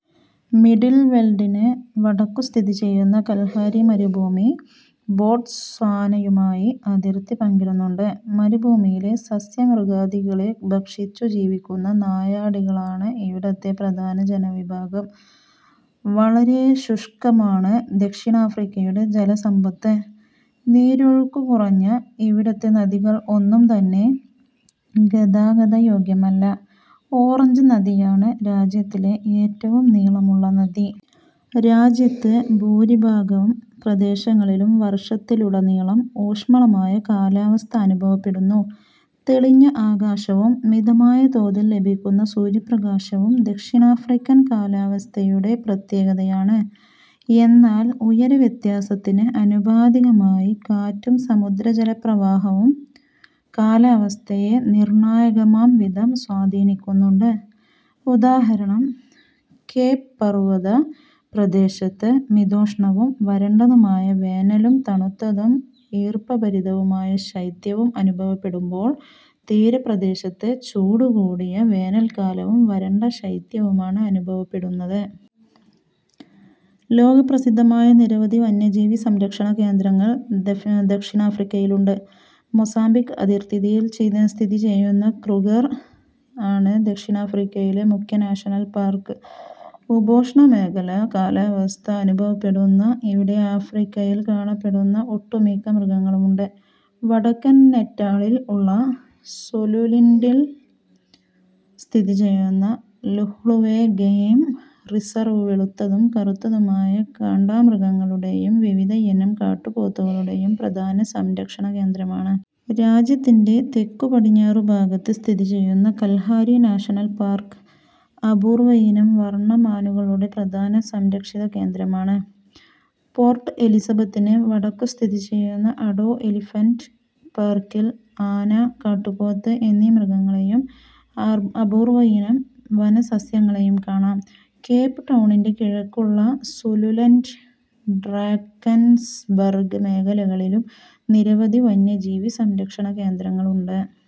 Middle വെൽഡിന് വടക്കു സ്ഥിതിചെയ്യുന്ന കൽഹാരി മരുഭൂമി ബോട്സ്വാനയുമായി അതിർത്തി പങ്കിടുന്നുണ്ട്. മരുഭൂമിയിലെ സസ്യ-മൃഗാദികളെ ഭക്ഷിച്ചു ജീവിക്കുന്ന നായാടികളാണ് ഇവിടത്തെ പ്രധാന ജനവിഭാഗം. വളരെ ശുഷ്കമാണ് ദക്ഷിണാഫ്രിക്കയുടെ ജലസമ്പത്ത്. നീരൊഴുക്കു കുറഞ്ഞ ഇവിടത്തെ നദികൾ ഒന്നുംതന്നെ ഗതാഗതയോഗ്യമല്ല. ഓറഞ്ച് നദിയാണ് രാജ്യത്തിലെ ഏറ്റവും നീളമുള്ള നദി. രാജ്യത്ത് ഭൂരിഭാഗം പ്രദേശങ്ങളിലും വർഷത്തിലുടനീളം ഊഷ്മളമായ കാലാവസ്ഥ അനുഭവപ്പെടുന്നു. തെളിഞ്ഞ ആകാശവും മിതമായ തോതിൽ ലഭിക്കുന്ന സൂര്യപ്രകാശവും ദക്ഷിണാഫ്രിക്കൻ കാലാവസ്ഥയുടെ പ്രത്യേകതയാണ്. എന്നാൽ ഉയരവ്യത്യാസത്തിന് ആനുപാതികമായി കാറ്റും സമുദ്രജലപ്രവാഹവും കാലാവസ്ഥയെ നിർണായകമാംവിധം സ്വാധീനിക്കുന്നുണ്ട്. ഉദാ. കേപ് പർവത പ്രദേശത്ത് മിതോഷ്ണവും വരണ്ടതുമായ വേനലും തണുത്തതും ഈർപ്പഭരിതവുമായ ശൈത്യവും അനുഭവപ്പെടുമ്പോൾ തീരപ്രദേശത്ത് ചൂടു കൂടിയ വേനൽക്കാലവും വരണ്ട ശൈത്യവുമാണ് അനുഭവപ്പെടുന്നത്. ലോകപ്രസിദ്ധമായ നിരവധി വന്യജീവി സംരക്ഷണ കേന്ദ്രങ്ങൾ ദക്ഷിണാഫ്രിക്കയിലുണ്ട്. മൊസാംബിക് അതിർത്തിയിൽ സ്ഥിതിചെയ്യുന്ന ക്രൂഗർ ആണ് ദക്ഷിണാഫ്രിക്കയിലെ മുഖ്യ നാഷണൽ പാർക്ക്. ഉപോഷ്ണ മേഖലാ കാലാവസ്ഥ അനുഭവപ്പെടുന്ന ഇവിടെ ആഫ്രിക്കയിൽ കാണപ്പെടുന്ന ഒട്ടുമിക്ക മൃഗങ്ങളുമുണ്ട്. വടക്കൻ നേറ്റാളിൽ ഉള്ള സുലുലൻഡിൽ സ്ഥിതിചെയ്യുന്ന ലുഹ്ലുവെ ഗെയിം റിസർവ് വെളുത്തതും കറുത്തതുമായ കാണ്ടാമൃഗങ്ങളുടെയും വിവിധയിനം കാട്ടുപോത്തുകളുടെയും പ്രധാന സംരക്ഷണ കേന്ദ്രമാണ്. രാജ്യത്തിന്റെ തെക്കു പടിഞ്ഞാറു ഭാഗത്ത് സ്ഥിതിചെയ്യുന്ന കൽഹാരി നാഷണൽ പാർക്ക് അപൂർവയിനം വർണ മാനുകളുടെ പ്രധാന സംരക്ഷിത കേന്ദ്രമാണ്. പോർട്ട് എലിസബത്തിന് വടക്കു സ്ഥിതിചെയ്യുന്ന അഡോ എലിഫന്റ് പാർക്കിൽ ആന, കാട്ടുപോത്ത് എന്നീ മൃഗങ്ങളെയും അപൂർവയിനം വനസസ്യങ്ങളെയും കാണാം. കേപ് ടൌണിന് കിഴക്കുള്ള സുലുലൻഡ്, ഡ്രാക്കൻസ്ബർഗ് മേഖലകളിലും നിരവധി വന്യജീവി സംരക്ഷണകേന്ദ്രങ്ങൾ ഉണ്ട്.